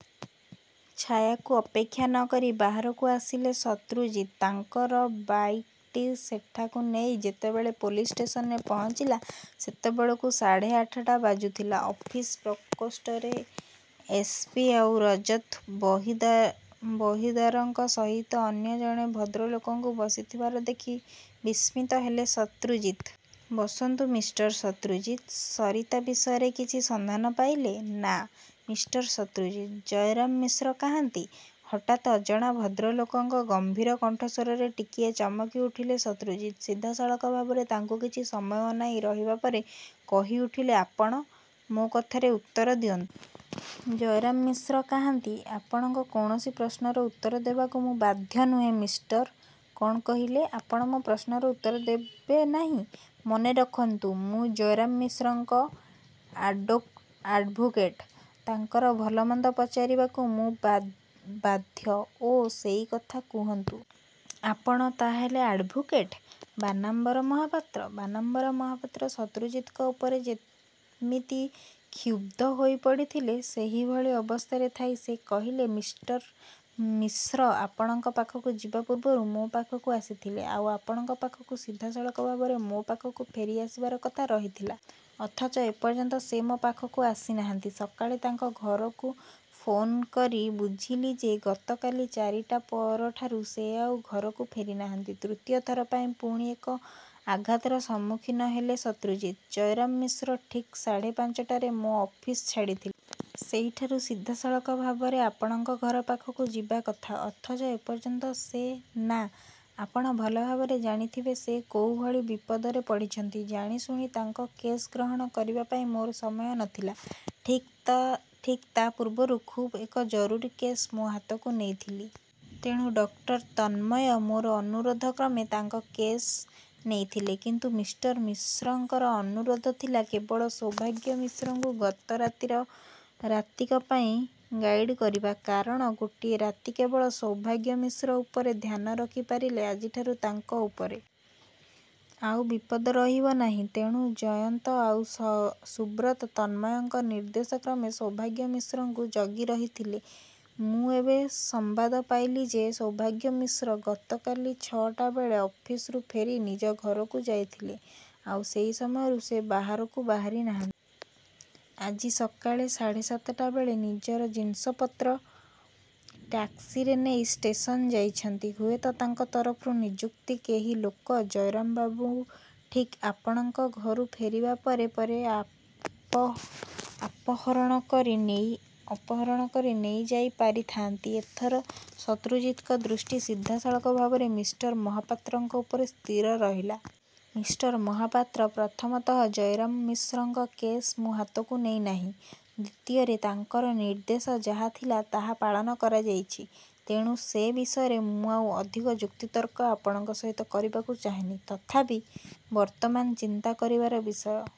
ଛାୟାକୁ ଅପେକ୍ଷା ନ କରି ବାହାରକୁ ଆସିଲେ ଶତ୍ରୁଜିତ୍। ତାଙ୍କର ବାଇକ୍ଟି ସେମାନଙ୍କୁ ନେଇ ଯେତେବେଳେ ପୋଲିସ୍ ଷ୍ଟେସନରେ ପହଞ୍ଚିଲା, ସେତେବେଳକୁ ସାଢ଼େ ଆଠଟା ବାଜୁଥିଲା। ଅଫିସ ପ୍ରକୋଷ୍ଠରେ ଏସ. ପି. ଆଉ ରଜତ ବହିଦାରଙ୍କ ସହିତ ଅନ୍ୟ ଜଣେ ଭଦ୍ରଲୋକଙ୍କୁ ବସିଥିବାର ଦେଖି ବିସ୍ମିତ ହେଲେ ଶତ୍ରୁଜିତ୍। ବସନ୍ତୁ ମିଷ୍ଟର ଶତ୍ରୁଜିତ୍! ସରିତା ବିଷୟରେ କିଛି ସନ୍ଧାନ ପାଇଲେ? ନା। ମିଷ୍ଟର ଶତ୍ରୁଜିତ୍! ଜୟରାମ ମିଶ୍ର କାହାନ୍ତି? ହଠାତ୍ ଅଜଣା ଭଦ୍ରଲୋକଙ୍କ ଗମ୍ଭୀର କଣ୍ଠସ୍ୱରରେ ଟିକିଏ ଚମକିଉଠିଲେ ଶତ୍ରୁଜିତ୍। ସିଧାସଳଖ ଭାବରେ ତାଙ୍କୁ କିଛି ସମୟ ଅନାଇ ରହିବା ପରେ କହିଉଠିଲେଆପଣ? ମୋ କଥାରେ ଉତ୍ତର ଦିଅନ୍ତୁ! ଜୟରାମ ମିଶ୍ର କାହାନ୍ତି? ଆପଣଙ୍କର କୌଣସି ପ୍ରଶ୍ନର ଉତ୍ତର ଦେବାକୁ ମୁଁ ବାଧ୍ୟ ନୁହେଁ, ମିଷ୍ଟର କ'ଣ କହିଲେ, ଆପଣ ମୋ ପ୍ରଶ୍ନର ଉତ୍ତର ଦେବେ ନାହିଁ? ମନେରଖନ୍ତୁ ମୁଁ ଜୟରାମ ମିଶ୍ରଙ୍କର ଆଡ୍ଭୋକେଟ। ତାଙ୍କର ଭଲମନ୍ଦ ପଚାରିବାକୁ ମୁଁ ବାଧ୍ୟ ଓ! ସେଇକଥା କହନ୍ତୁ। ଆପଣ ତା'ହେଲେ ଆଡ୍ଭୋକେଟ ବାନାମ୍ବର ମହାପାତ୍ର? ବାନାମ୍ବର ମହାପାତ୍ର ଶତ୍ରୁଜିତଙ୍କ ଉପରେ ଯେମିତି କ୍ଷୁବ୍ଧ ହୋଇପଡ଼ିଥିଲେ। ସେହିଭଳି ଅବସ୍ଥାରେ ଥାଇ ସେ କହିଲେ-ମିଷ୍ଟର ମିଶ୍ର ଆପଣଙ୍କ ପାଖକୁ ଯିବା ପୂର୍ବରୁ ମୋ ପାଖକୁ ଆସିଥିଲେ, ଆଉ ଆପଣଙ୍କ ପାଖରୁ ସିଧାସଳଖ ଭାବରେ ମୋ ପାଖକୁ ଫେରିଆସିବାର କଥା ରହିଥିଲା। ଅଥଚ ଏପର୍ଯ୍ୟନ୍ତ ସେ ମୋ ପାଖକୁ ଆସିନାହାନ୍ତି। ସକାଳେ ତାଙ୍କ ଘରକୁ ଫୋନ୍କରି ବୁଝିଲି ଯେ ଗତକାଲି ଚାରିଟା ପରଠାରୁ ସେ ଆଉ ଘରକୁ ଫେରିନାହାନ୍ତି। ତୃତୀୟ ଥର ପାଇଁ ପୁଣି ଏକ ଆଘାତର ସମ୍ମୁଖୀନ ହେଲେ ଶତ୍ରୁଜିତ୍। ଜୟରାମ ମିଶ୍ର ଠିକ୍ ସାଢ଼େ ପାଞ୍ଚଟାରେ ମୋ ଅଫିସ ଛାଡ଼ିଥିଲେ। ସେଇଠାରୁ ସିଧାସଳଖ ଭାବରେ ଆପଣଙ୍କ ଘର ପାଖକୁ ଯିବା କଥା ଅଥଚ ଏପର୍ଯ୍ୟନ୍ତ ସେ ନା। ଆପଣ ଭଲ ଭାବରେ ଜାଣିଥିଲେ ସେ କୋଉଭଳି ବିପଦରେ ପଡ଼ିଛନ୍ତି। ଜାଣିଶୁଣି ତାଙ୍କ କେସ୍ ଗ୍ରହଣ କରିବାପାଇଁ ମୋର ସମୟ ନ ଥିଲା। ଠିକ୍ ତା ପୂର୍ବରୁ ଖୁବ୍ ଏକ ଜରୁରୀ କେସ୍ ମୋ ହାତକୁ ନେଇଥିଲି। ତେଣୁ ଡକ୍ଟର ତନ୍ମୟ ମୋର ଅନୁରୋଧକ୍ରମେ ତାଙ୍କ କେସ୍ ନେଇଥିଲେ। କିନ୍ତୁ ମିଷ୍ଟର ମିଶ୍ରଙ୍କର ଅନୁରୋଧ ଥିଲା କେବଳ ସୌଭାଗ୍ୟ ମିଶ୍ରଙ୍କୁ ଗତ ରାତିକ ପାଇଁ ଗାଇଡ୍ କରିବା। କାରଣ ଗୋଟିଏ ରାତି କେବଳ ସୌଭାଗ୍ୟ ମିଶ୍ର ଉପରେ ଧ୍ୟାନ ରଖିପାରିଲେ ଆଜିଠାରୁ ତାଙ୍କ ଉପରେ। ଆଉ ବିପଦ ରହିବ ନାହିଁ। ତେଣୁ ଜୟନ୍ତ ଆଉ ସୁବ୍ରତ ତନ୍ମୟଙ୍କ ନିର୍ଦ୍ଦେଶକ୍ରମେ ସୌଭାଗ୍ୟ ମିଶ୍ରଙ୍କୁ ଜଗିରହିଥିଲେ। ମୁଁ ଏବେ ସମ୍ବାଦ ପାଇଲି ଯେ ସୌଭାଗ୍ୟ ମିଶ୍ର ଗତକାଲି ଛଅଟାବେଳେ ଅଫିସରୁ ଫେରି ନିଜ ଘରକୁ ଯାଇଥିଲେ, ଆଉ ସେଇ ସମୟରୁ ସେ ବାହାରକୁ ବାହାରିନାହାନ୍ତି। ଆଜି ସକାଳେ ସାଢ଼େ ସାତଟା ବେଳେ ନିଜର ଜିନିଷପତ୍ର ଟ୍ୟାକ୍ସିରେ ନେଇ ଷ୍ଟେସନ ଯାଇଛନ୍ତି। ହୁଏତ ତାଙ୍କ ତରଫରୁ ନିଯୁକ୍ତ କେହି ଲୋକ ଜୟରାମବାବୁ ଠିକ୍ ଆପଣଙ୍କ ଘରୁ ଫେରିବା ପରେ ପରେ ଆପହରଣ କରି ନେଇ ପାରିଥାଆନ୍ତି? ଏଥର ଶତ୍ରୁଜିତଙ୍କ ଦୃଷ୍ଟି ସିଧାସଳଖ ଭାବରେ ମିଷ୍ଟର ମହାପାତ୍ରଙ୍କ ଉପରେ ସ୍ଥିର ରହିଲା। ମିଷ୍ଟର ମହାପାତ୍ର! ପ୍ରଥମତଃ ଜୟରାମ ମିଶ୍ରଙ୍କ କେସ୍ ମୁଁ ହାତକୁ ନେଇନାହିଁ। ଦ୍ୱିତୀୟରେ, ତାଙ୍କର ନିର୍ଦ୍ଦେଶ ଯାହା ଥିଲା ତାହା ପାଳନ କରାଯାଇଛି। ତେଣୁ ସେ ବିଷୟରେ ମୁଁ ଆଉ ଅଧିକ ଯୁକ୍ତିତର୍କ ଆପଣଙ୍କ ସହି କରିବାକୁ ଚାହେନା। ତଥାପି ବର୍ତ୍ତମାନ ଚିନ୍ତା କରିବାର ବିଷୟ